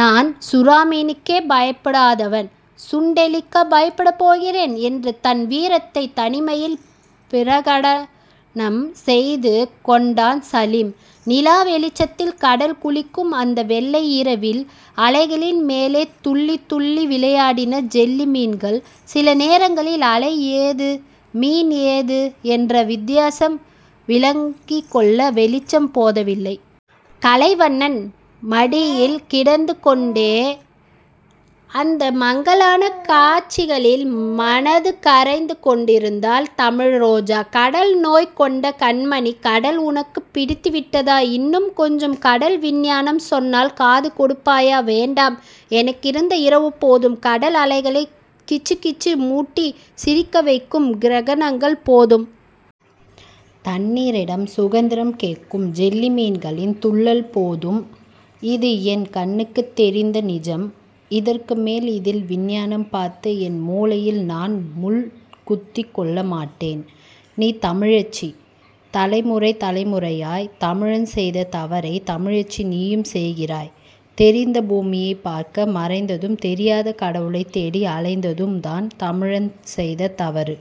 நான் சுறாமீனுக்கே பயப்படாதவன். சுண்டெலிக்கா பயப்படப் போகிறேன்..? என்று தன் வீரத்தைத் தனிமையில் பிரகடனம் செய்துகொண்டான் சலீம். நிலா வெளிச்சத்தில் கடல்குளிக்கும் அந்த வெள்ளை இரவில் அலைகளின் மேலே துள்ளித் துள்ளி விளையாடின ஜெல்லி மீன்கள். சில நேரங்களில் அலை எது, மீன் எது என்ற வித்தியாசம் விளங்கிக்கொள்ள வெளிச்சம் போதவில்லை. கலைவண்ணன் மடியில் கிடந்துகொண்டே அந்த மங்கலான காட்சிகளில் மனது கரைந்து கொண்டிருந்தாள் தமிழ்ரோஜா. கடல்நோய் கொண்ட கண்மணி. கடல் உனக்கும் பிடித்துவிட்டதா..? இன்னும் கொஞ்சம் கடல் விஞ்ஞானம் சொன்னால் காது கொடுப்பாயா..? வேண்டாம்... எனக்கிந்த இரவுபோதும். கடல் அலைகளைக் கிச்சுக்கிச்சு முட்டிச் சிரிக்கவைக்கும் கிரணங்கள் போதும். தண்ணீரிடம் சுதந்திரம் கேட்கும் ஜெல்லிமீன்களின் துள்ளல் போதும். இது என் கண்ணுக்குத் தெரிந்த நிஜம். இதற்குமேல் இதில் விஞ்ஞானம் பார்த்து, என் முளையில் நான் முள் குத்திக்கொள்ள மாட்டேன்... நீ தமிழச்சி. தலைமுறை தலைமுறையாய்த் தமிழன் செய்த தவறைத் தமிழச்சி நீயும் செய்கிறாய். தெரிந்த பூமியைப் பார்க்க மறந்ததும் தெரியாத கடவுளைத் தேடி அலைந்ததும் தான் தமிழன் செய்த தவறு.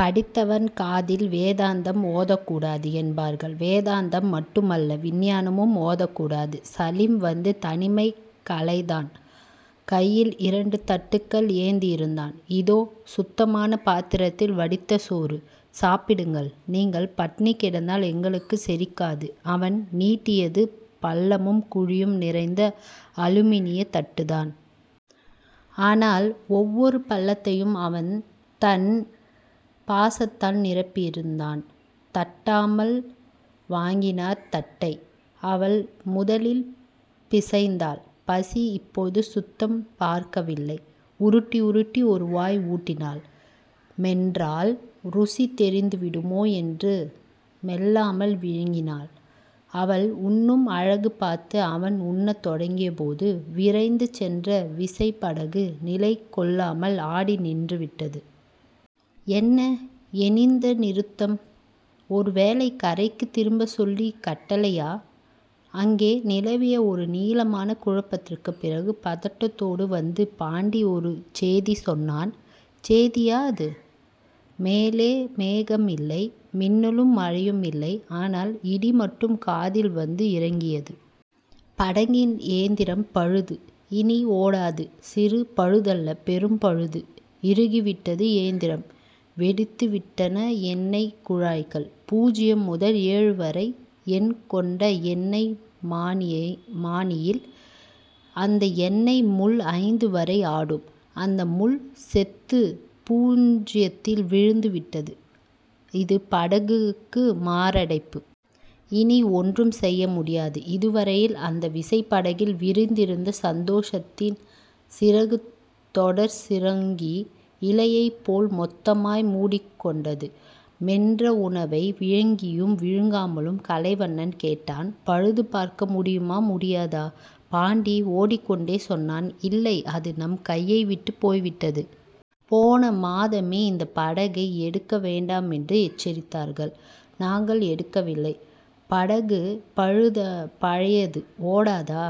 பசித்தவன் காதில் வேதாந்தம் ஓதக்கூடாது என்பார்கள். வேதாந்தம் மட்டுமல்ல. விஞ்ஞானமும் ஓதக்கூடாது... சலீம் வந்து தனிமை கலைத்தான். கையில் இரண்டு தட்டுகள் ஏந்தியிருந்தான். இதோ. சுத்தமான பாத்திரத்தில் வடித்த சோறு. சாப்பிடுங்கள்... நீங்கள் பட்டினி கிடந்தால் எங்களுக்குச் செரிக்காது... அவன் நீட்டியது பள்ளமும் குழியும் நிறைந்த அலுமினியத் தட்டுதான். ஆனால் ஒவ்வொரு பள்ளத்தையும் அவன் தன் பாசத்தால் நிரப்பியிருந்தான். தட்டாமல் வாங்கினர் தட்டை. அவள் முதலில் பிசைந்தாள். பசி இப்போது சுத்தம் பார்க்கவில்லை. உருட்டி உருட்டி ஒரு வாய் உண்டாள். மென்றால் ருசி தெரிந்துவிடுமோ என்று மெல்லாமல் விழுங்கினாள். அவள் உண்ணும் அழகுபார்த்து அவன் உண்ணத் தொடங்கியபோது, விரைந்து சென்ற விசைப்படகு நிலைகொள்ளாமல் ஆடி நின்றுவிட்டது. என்ன... ஏனிந்த நிறுத்தம்..? ஒருவேளை கரைக்குத் திருப்பச் சொல்லிக் கட்டளையா..? அங்கே நிலவிய ஒரு நீளமான குழப்பத்துக்குப் பிறகு பதட்டத்தோடு வந்து பாண்டி ஒரு சேதி சொன்னான். சேதியா அது..? மேலே மேகம் இல்லை. மின்னலும் மழையும் இல்லை. ஆனால் இடிமட்டும் காதில் வந்து இறங்கியது. படகின் எந்திரம் பழுது. இனி ஓடாது. சிறு பழுதல்ல. பெரும் பழுது. இறுகிவிட்டது எந்திரம். வெடித்துவிட்டன எண்ணெய்க் குழாய்கள். பூஜ்ஜியம் முதல் ஏழு வரை எண்கொண்ட எண்ணெய்மானியில் அந்த எண்ணெய் முள் ஐந்து வரை ஆடும். அந்த முள் செத்து பூஜயத்தில் விழுந்து விட்டது. இது படகுக்கு மாரடைப்பு. இனி ஒன்றும் செய்ய முடியாது. அதுவரையில் அந்த விசைப்படகில் விரிந்திருந்த சந்தோஷத்தின் சிறகு தொட்டாற்சிணுங்கி இலையைப் போல் மொத்தமாய் முடிக்கொண்டது. மென்ற உணவை விழுங்கியும் விழுங்காமலும் கலைவண்ணன் கேட்டான். பழுதுபார்க்க முடியுமா? முடியாதா? பாண்டி ஓடிக்கொண்டே சொன்னான். இல்லை. அது நம் கையைவிட்டுப் போய் விட்டது. போன மாதமே இந்தப் படகை எடுக்க வேண்டாமென்று எச்சரித்தார்கள். நாங்கள் கேட்கவில்லை. படகு பழையது. ஓடாதா?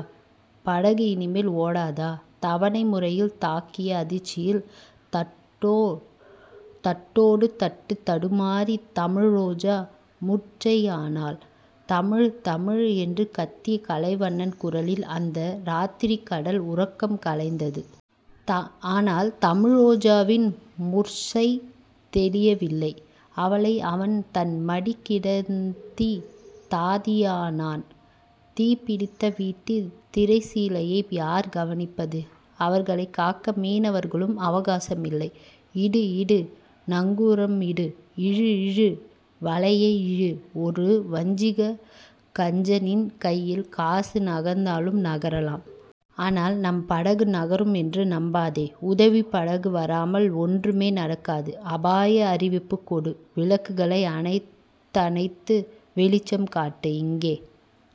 படகு இனிமேல் ஓடாதா? தவணை முறையில் தாக்கிய அதிர்ச்சியில் தட்டோ டு தட்டுத் தடுமாறித் தமிழ்ரோஜா முர்ச்சையானாள். தமிழ். தமிழ். என்று கத்திய கலைவண்ணன் குரலில் அந்த ராத்திரிக்கடல் உறக்கம் கலைந்தது. ஆனால் தமிழ்ரோஜாவின் முர்ச்சை தெளியவில்லை. அவளை அவன் தன் மடி கிடத்தித் தாதியானான். தீப்பிடித்த வீட்டில் திரைச்சீலையை யார் கவனிப்பது? அவர்களைக் காக்க மீனவர்களுக்கு அவகாசமில்லை. இடு. இடு. நங்கூரமிடு. இழு. இழு. வலையை இழு. ஒரு வஞ்சகக் கஞ்சனின் கையில் காசு நகர்ந்தாலும் நகரலாம். ஆனால் நம் படகு நகரும் என்று நம்பாதே. உதவிப் படகு வராமல் ஒன்றுமே நடக்காது. அபாய அறிவிப்புக் கொடு. விளக்குகளை அணைத்தணைத்து வெளிச்சம் காட்டு. இங்கே